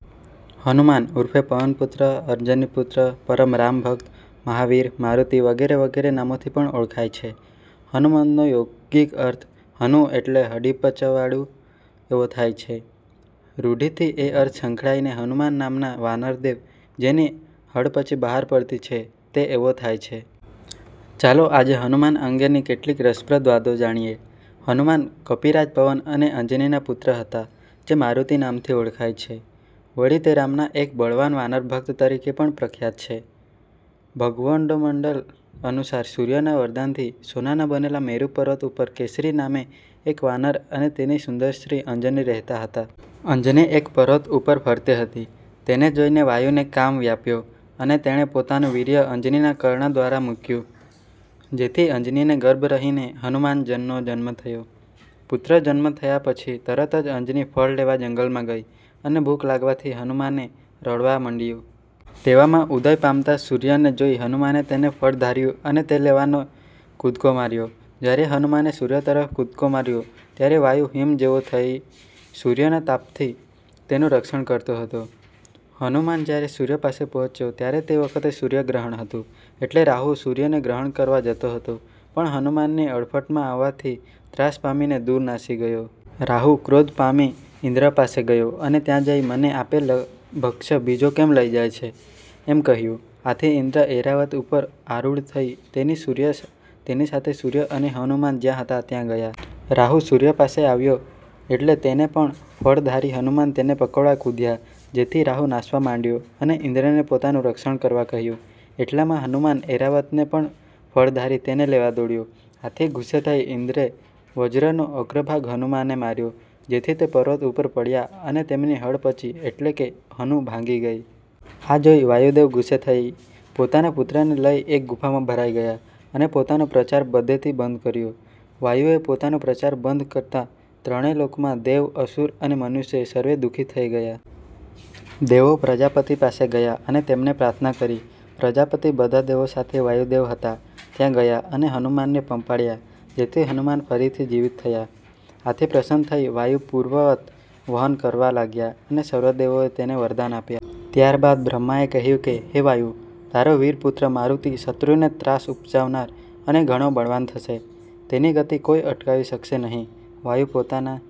હનુમાન ઉર્ફે પવનપુત્ર, અંજનીપુત્ર, પરમ રામભક્ત, મહાવીર, મારુતિ વગેરે વગેરે નામોથી પણ ઓળખાય છે. હનુમત્નો યોગિક અર્થ હનુ એટલે હડપચીવાળું એવો થાય છે. રૂઢિથી એ અર્થ સંકડાઈ ને હનુમાન નામના વાનરદેવ, જેની હડપચી બહાર પડતી છે તે એવો થાય છે. ચાલો આજે હનુમાન અંગેની કેટલીક રસપ્રદ વાતો જાણીએ. હનુમાન કપિરાજ પવન અને અંજનીના પુત્ર હતા જે મારુતિ નામથી ઓળખાય છે. વળી તે રામના એક બળવાન વાનર ભક્ત તરીકે પણ પ્રખ્યાત છે. ભગવદ્ગોમંડલ અનુસાર સૂર્યના વરદાનથી સોનાના બનેલા મેરુ પર્વત ઉપર કેસરી નામે એક વાનર અને તેની સુંદર સ્ત્રી અંજની રહેતા હતા. અંજની એક વખત પર્વત ઉપર ફરતી હતી, તેને જોઈને વાયુને કામ વ્યાપ્યો અને તેણે પોતાનું વીર્ય અંજનીના કર્ણ દ્વારા મૂક્યું જેથી અંજનીને ગર્ભ રહી હનુમાનનો જન્મ થયો. પુત્રજન્મ થયા પછી તરત જ અંજની ફળ લેવા જંગલમાં ગઈ અને ભૂખ લાગવાથી હનુમાને રડવા માંંડ્યું. તેવામાં ઉદય પામતા સૂર્યને જોઈ હનુમાને તેને ફળ ધાર્યું અને તે લેવાને કૂદકો માર્યો. જ્યારે હનુમાને સૂર્ય તરફ કૂદકો માર્યો ત્યારે વાયુ હિમ જેવો થઈ સૂર્યના તાપથી તેનું રક્ષણ કરતો હતો. હનુમાન જ્યારે સૂર્ય પાસે પહોંચ્યા ત્યારે તે વખતે સૂર્યગ્રહણ હતું એટલે રાહુ સૂર્યને ગ્રહણ કરવા જતો હતો પણ હનુમાનની હડફટમાં આવવાથી ત્રાસ પામીને દૂર નાસી ગયો. રાહુ ક્રોધ પામી ઇન્દ્ર પાસે ગયો અને ત્યાં જઈ 'મને આપેલ ભક્ષ્ય બીજો કેમ લઈ જાય છે? ' એમ કહ્યું. આથી ઇન્દ્ર ઐરાવત ઉપર આરુઢ થઈ તેની સાથે સૂર્ય અને હનુમાન જ્યાં હતા ત્યાં ગયા. રાહુ સૂર્ય પાસે આવ્યો એટલે તેને પણ ફળ ધારી હનુમાન તેને પકડવા કૂદ્યા જેથી રાહુ નાસવા માંડ્યો અને ઇન્દ્રને પોતાનું રક્ષણ કરવા કહ્યું. એટલામાં હનુમાન ઐરાવતને પણ ફળ ધારી તેને લેવા દોડ્યા. આથી ગુસ્સે થઈ ઇન્દ્રે વજ્રનો અગ્રભાગ હનુમાનને માર્યો જેથી તે પર્વત ઉપર પડ્યા અને તેમની હડપચી એટલે કે હનુ ભાંગી ગઈ. આ જોઈ વાયુદેવ ગુસ્સે થઈ પોતાના પુત્રને લઈ એક ગુફામાં ભરાઈ ગયા અને પોતાનો પ્રચાર બધેથી બંધ કર્યો. વાયુએ પોતાનો પ્રચાર બંધ કરતા ત્રણે લોકમાં દેવ, અસુર અને મનુષ્ય સર્વે દુખી થઈ ગયા. દેવો પ્રજાપતિ પાસે ગયા અને તેમને પ્રાર્થના કરી. પ્રજાપતિ બધા દેવો સાથે વાયુદેવ હતા ત્યાં ગયા અને હનુમાનને પંપાળ્યા જેથી હનુમાન ફરી જીવિત થયા. આથી પ્રસન્ન થઈ વાયુ પૂર્વવત વહન કરવા લાગ્યા અને સર્વ દેવોએ તેને વરદાન આપ્યા. ત્યારબાદ બ્રહ્માએ કહ્યું કે, 'હે વાયુ! તારો વીરપુત્ર મારુતિ શત્રુને ત્રાસ ઉપજાવનાર અને ઘણો બળવાન થશે; તેની ગતિ કોઈ અટકાવી શકશે નહિ. ' વાયુ પોતાના